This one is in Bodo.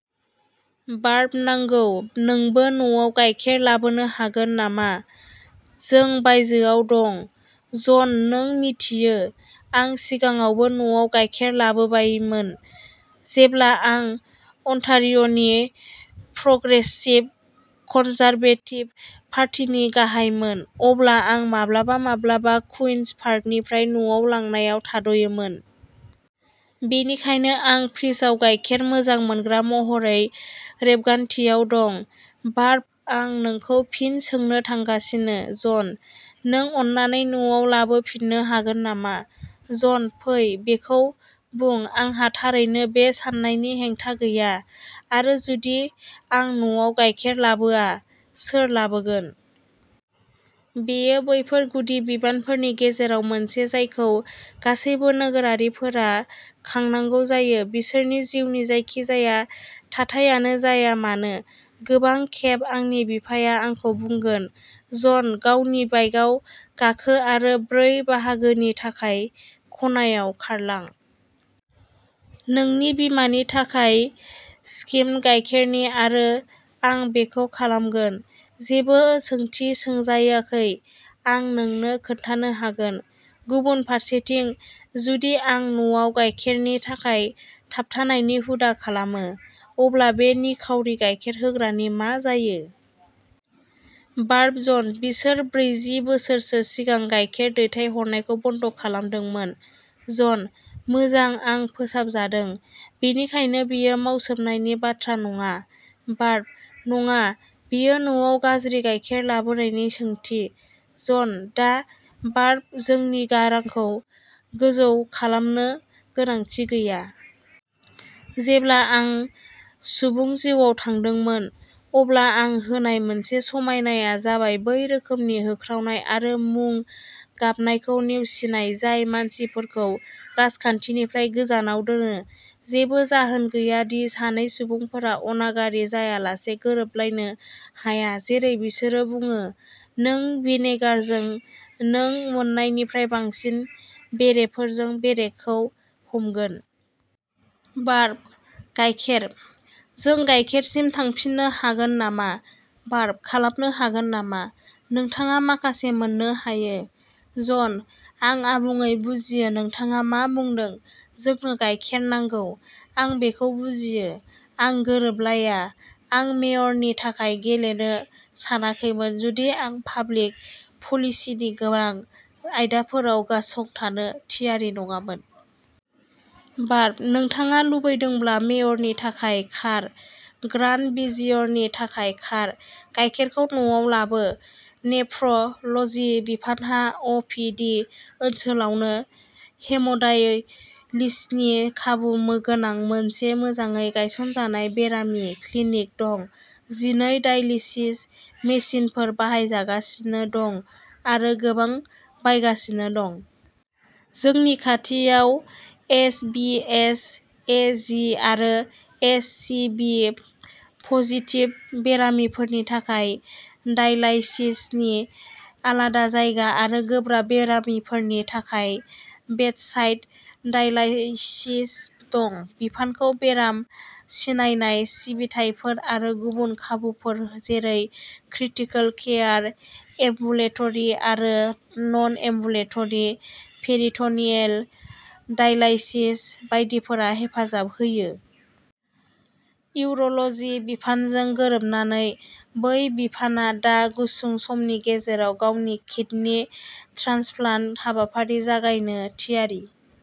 बार्ब नंगौ, नोंबो न'आव गाइखेर लाबोनो हागोन नामा? जों बायजोआव दं। जन नों मिथियो, आं सिगाङावबो न'आव गाइखेर लाबोबायमोन। जेब्ला आं अनटारिय'नि प्रग्रेसिभ कनजारभेटिभ पार्टिनि गाहायमोन, अब्ला आं माब्लाबा-माब्लाबा कुइन्स पार्कनिफ्राय न'आव लांनायाव थाद'योमोन। बेनिखायनो आं फ्रिजआव गाइखेर मोजां मोनग्रा महरै रेबगान्थियाव दं। बार्ब आं नोंखौ फिन सोंनो थांगासिनो, जन। नों अन्नानै न'आव लाबोफिननो हागोन नामा? जन फै, बेखौ बुं। आंहा थारैनो बे साननायनि हेंथा गैया। आरो जुदि आं न'आव गाइखेर लाबोआ, सोर लाबोगोन? बेयो बैफोर गुदि बिबानफोरनि गेजेराव मोनसे जायखौ गासैबो नोगोरारिफोरा खांनांगौ जायो, बिसोरनि जिउनि जायखिजाया थाथायानो जाया मानो। गोबां खेब आंनि बिफाया आंखौ बुंगोन, जन, गावनि बाइकाव गाखो आरो ब्रै बाहागोनि थाखाय खनायाव खारलां। नोंनि बिमानि थाखाय स्किम गाइखेरनि आरो आं बेखौ खालामगोन, जेबो सोंथि सोंजायाखै, आं नोंनो खोन्थानो हागोन। गुबुन फारसेथिं, जुदि आं न'आव गाइखेरनि थाखाय थाबथानायनि हुदा खालामो, अब्ला बे निखावरि गाइखेर होग्रानि मा जायो? बार्ब जन, बिसोर ब्रैजि बोसोरसो सिगां गाइखेर दैथायहरनायखौ बन्द खालामदोंमोन। जनः मोजां आं फोसाबजादों। बेनिखायनो बेयो मावसोमनायनि बाथ्रा नङा। बार्बः नङा, बेयो न'आव गाज्रि गायखेर लाबोनायनि सोंथि। जनः दा, बार्ब, नोंनि गारांखौ गोजौ खालामनो गोनांथि गैया। जेब्ला आं सुबुं जिउआव थांदोंमोन, अब्ला आं होनाय मोनसे समायनाया जाबाय बै रोखोमनि होख्रावनाय आरो मुं-गाबनायखौ नेवसिनाय जाय मानसिफोरखौ राजखान्थिनिफ्राय गोजानाव दोनो। जेबो जाहोन गैया दि सानै सुबुंफोरा अनागारि जायालासे गोरोबलायनो हाया। जेरै बिसोरो बुङो, नों भिनेगारजों नों मोन्नायनिफ्राय बांसिन बेरेफोरजों बेरेखौ हमगोन। बार्बः गायखेर। जों गाइखेरसिम थांफिननो हागोन नामा? बार्ब: खालामनो हागोन नामा, नोंथाङा माखासे मोननो हायो? जनः आं आबुङै बुजियो नोंथाङा मा बुंदों। जोंनो गायखेर नांगौ। आं बेखौ बुजियो। आं गोरोबलाया। आं मेयरनि थाखाय गेलेनो सानाखैमोन जुदि आं पाब्लिक पलिसीनि गोनां आयदाफोराव गसंथानो थियारि नङामोन। बार्बः नोंथाङा लुबैदोंब्ला मेयरनि थाखाय खार। ग्रान्ड भिजियरनि थाखाय खार। गायखेरखौ न'आव लाबो। नेफ्र'ल'जी बिफानहा अ पि डि ओनसोलावनो हेमोडायलिसिसनि खाबु गोनां मोनसे मोजाङै गायसनजानाय बेरामि क्लिनिक दं। जिनै डायलिसिस मेसिनफोर बाहायजागासिनो दं आरो गोबां बायगासिनो दं। जोंनि खाथियाव H B S A G आरो एइच सि भि पजिटिभ बेरामिफोरनि थाखाय डायलाइसिसनि आलादा जायगा आरो गोब्राब बेरामिफोरनि थाखाय बेडसाइड डायलाइसिस दं। बिफानखौ बेराम सिनायनाय सिबिथाइफोर आरो गुबुन खाबुफोर जेरै क्रिटिकल केयार, एम्बुलेटरी आरो नन-एम्बुलेटरी पेरिट'नियेल डायलाइसिस बायदिफोरा हेफाजाब होयो। इउर'ल'जी बिफानजों गोरोबनानै, बे बिफानआ दा गुसुं समनि गेजेराव गावनि किडनि ट्रान्सप्लान्ट हाबाफारि जागायनो थियारि।